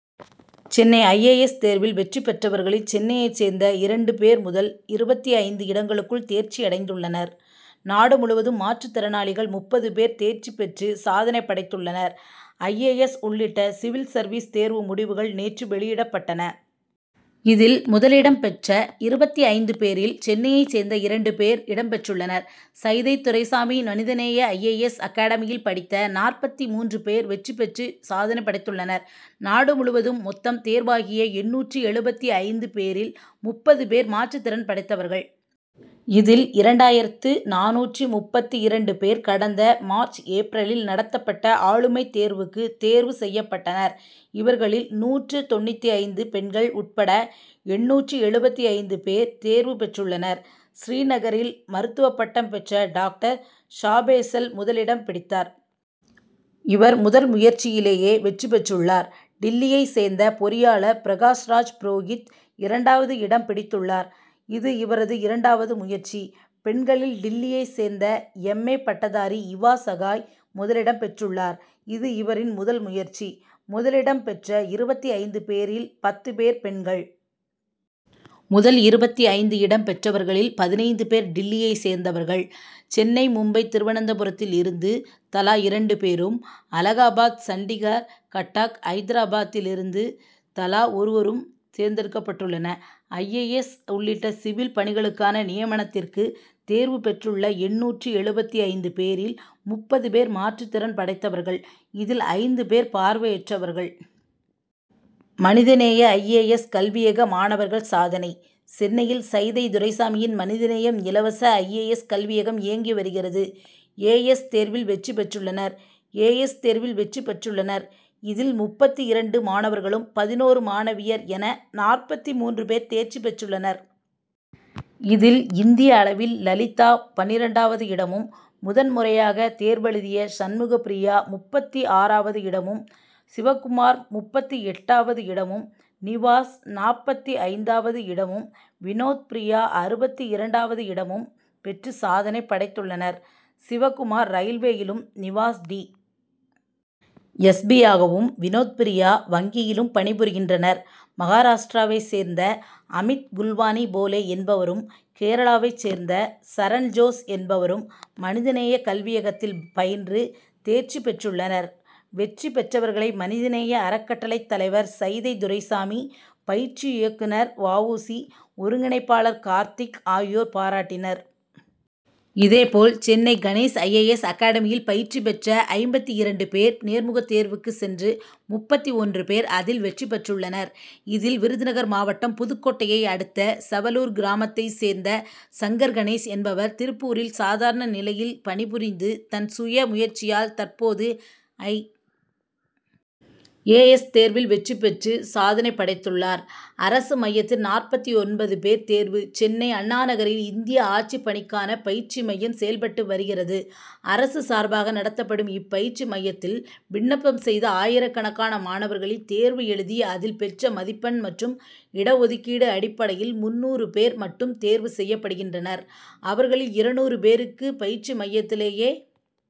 Chennai I. A. S. தேர்வில் வெற்றி பெற்றவர்களில் சென்னையைச் சேர்ந்த இரண்டு பேர் முதல் இருபத்தி ஐந்து இடங்களுக்குள் தேர்ச்சியடைந்துள்ளனர். நாடு முழுவதும் மாற்றுத் திறனாளிகள் முப்பது பேர் தேர்ச்சி பெற்று சாதனை படைத்துள்ளனர். ஐ. ஏ. எஸ். உள்ளிட்ட சிவில் சர்வீஸ் தேர்வு முடிவுகள் நேற்று வெளியிடப்பட்டன. இதில் முதலிடம் பெற்ற இருபத்தி ஐந்து பேரில் சென்னையைச் சேர்ந்த இரண்டு பேர் இடம் பெற்றுள்ளனர். சைதை துரைசாமி மனித நேய ஐ. ஏ. எஸ். அகடமியில் படித்த நாற்பத்தி மூன்று பேர் வெற்றி பெற்று சாதனை படைத்துள்ளனர். நாடு முழுவதும் மொத்தம் தேர்வாகிய எண்ணூற்று எழுபத்தி ஐந்து பேரில் முப்பது பேர் மாற்றுத்திறன் படைத்தவர்கள். இதில் இரண்டாயிரத்து நானூற்று முப்பத்தி இரண்டு பேர் கடந்த மார்ச் ஏப்ரலில் நடத்தப்பட்ட ஆளுமைத் தேர்வுக்கு தேர்வு செய்யப்பட்டனர். இவர்களில் நூற்று தொண்ணூற்று ஐந்து பெண்கள் உட்பட எண்ணூற்று எழுபத்தி ஐந்து பேர் தேர்வு பெற்றுள்ளனர். ஸ்ரீநகரில் மருத்துவ பட்டம் பெற்ற டாக்டர் ஷாபேசல் முதலிடம் பிடித்தார். இவர் முதல் முயற்சியிலேயே வெற்றி பெற்றுள்ளார். டில்லியைச் சேர்ந்த பொறியாளர் பிரகாஷ் ராஜ் புரோகித் இரண்டாவது இடம் பிடித்துள்ளார். இது இவரது இரண்டாவது முயற்சி. பெண்களில் டில்லியைச் சேர்ந்த எம். ஏ. பட்டதாரி இவா சகாய் முதலிடம் பெற்றுள்ளார். இது இவரின் முதல் முயற்சி. முதலிடம் பெற்ற இருபத்தி ஐந்து பேரில் பத்து பேர் பெண்கள். முதல் இருபத்தி ஐந்து இடம் பெற்றவர்களில் பதினைந்து பேர் டில்லியைச் சேர்ந்தவர்கள். சென்னை மும்பை திருவனந்தபுரத்தில் இருந்து தலா இரண்டு பேரும் அலகாபாத் சண்டிகர் கட்டாக் ஐதராபாத்தில் இருந்து தலா ஒருவரும் தேர்ந்தெடுக்கப்பட்டுள்ளனர். ஐ. ஏ. எஸ். உள்ளிட்ட சிவில் பணிகளுக்கான நியமனத்திற்கு தேர்வு பெற்றுள்ள எண்ணூற்று எழுபத்தி ஐந்து பேரில் முப்பது பேர் மாற்றுத்திறன் படைத்தவர்கள் இதில் ஐந்து பேர் பார்வையற்றவர்கள். மனித நேய ஐ. ஏ. எஸ். கல்வியக மாணவர்கள் சாதனை சென்னையில் சைதை துரைசாமியின் மனிதநேயம் இலவச ஐ. ஏ. எஸ். கல்வியகம் இயங்கி வருகிறது. ஏ. எஸ். தேர்வில் வெற்றி பெற்றுள்ளனர். ஏ. எஸ். தேர்வில் வெற்றி பெற்றுள்ளனர். இதில் முப்பத்தி இரண்டு மாணவர்களும் பதினொரு மாணவியர் என நாற்பத்தி மூன்று பேர் தேர்ச்சி பெற்றுள்ளனர். இதில் இந்திய அளவில் லலிதா பன்னிரண்டாவது இடமும் முதன் முறையாக தேர்வெழுதிய சண்முகப் பிரியா முப்பத்தி ஆறாவது இடமும் சிவகுமார் முப்பத்தி எட்டாவது இடமும் நிவாஸ் நாற்பத்தி ஐந்தாவது இடமும் வினோத்பிரியா அறுபத்தி இரண்டாவது இடமும் பெற்று சாதனை படைத்துள்ளனர். சிவகுமார் ரயில்வேயிலும் நிவாஸ் டி. எஸ். பி.யாகவும் வினோத்பிரியா வங்கியிலும் பணிபுரிகின்றனர். மகாராஷ்டிராவைச் சேர்ந்த அமித் குல்வானி போலே என்பவரும் கேரளாவைச் சேர்ந்த சரண் ஜோஸ் என்பவரும் மனித நேய கல்வியகத்தில் பயின்று தேர்ச்சி பெற்றுள்ளனர். வெற்றி பெற்றவர்களை மனித நேய அறக்கட்டளைத் தலைவர் சைதை துரைசாமி பயிற்சி இயக்குனர் வாவூசி ஒருங்கிணைப்பாளர் கார்த்திக் ஆகியோர் பாராட்டினர். இதே போல் Chennai Ganesh I. A. S. அகடமியில் பயிற்சி பெற்ற ஐம்பத்தி இரண்டு பேர் நேர்முகத் தேர்விற்கு சென்று முப்பத்தி ஒன்று பேர் அதில் வெற்றி பெற்றுள்ளனர். இதில் விருதுநகர் மாவட்டம் புதுக்கோட்டையை அடுத்த செவலூர் கிராமத்தைச் சேர்ந்த சங்கர் கணேஷ் என்பவர் திருப்பூரில் சாதாரண நிலையில் பணி புரிந்து தன் சுய முயற்சியால் தற்போது ஐ. ஏ. எஸ். தேர்வில் வெற்றி பெற்று சாதனை படைத்துள்ளார். அரசு மையத்தில் நாற்பத்தி ஒன்பது பேர் தேர்வு சென்னை அண்ணாநகரில் இந்திய ஆட்சிப் பணிக்கான பயிற்சி மையம் செயல்பட்டு வருகிறது. அரசு சார்பாக நடத்தப்படும் இப்பயிற்சி மையத்தில் விண்ணப்பம் செய்த ஆயிரக்கணக்கான மாணவர்களில் தேர்வு எழுதி அதில் பெற்ற மதிப்பெண் மற்றும் இட ஒதுக்கீடு அடிப்படையில் முந்நூறு பேர் மட்டும் தேர்வு செய்யப்படுகின்றனர். அவர்களில் இருநூறு பேருக்கு பயிற்சி மையத்திலேயே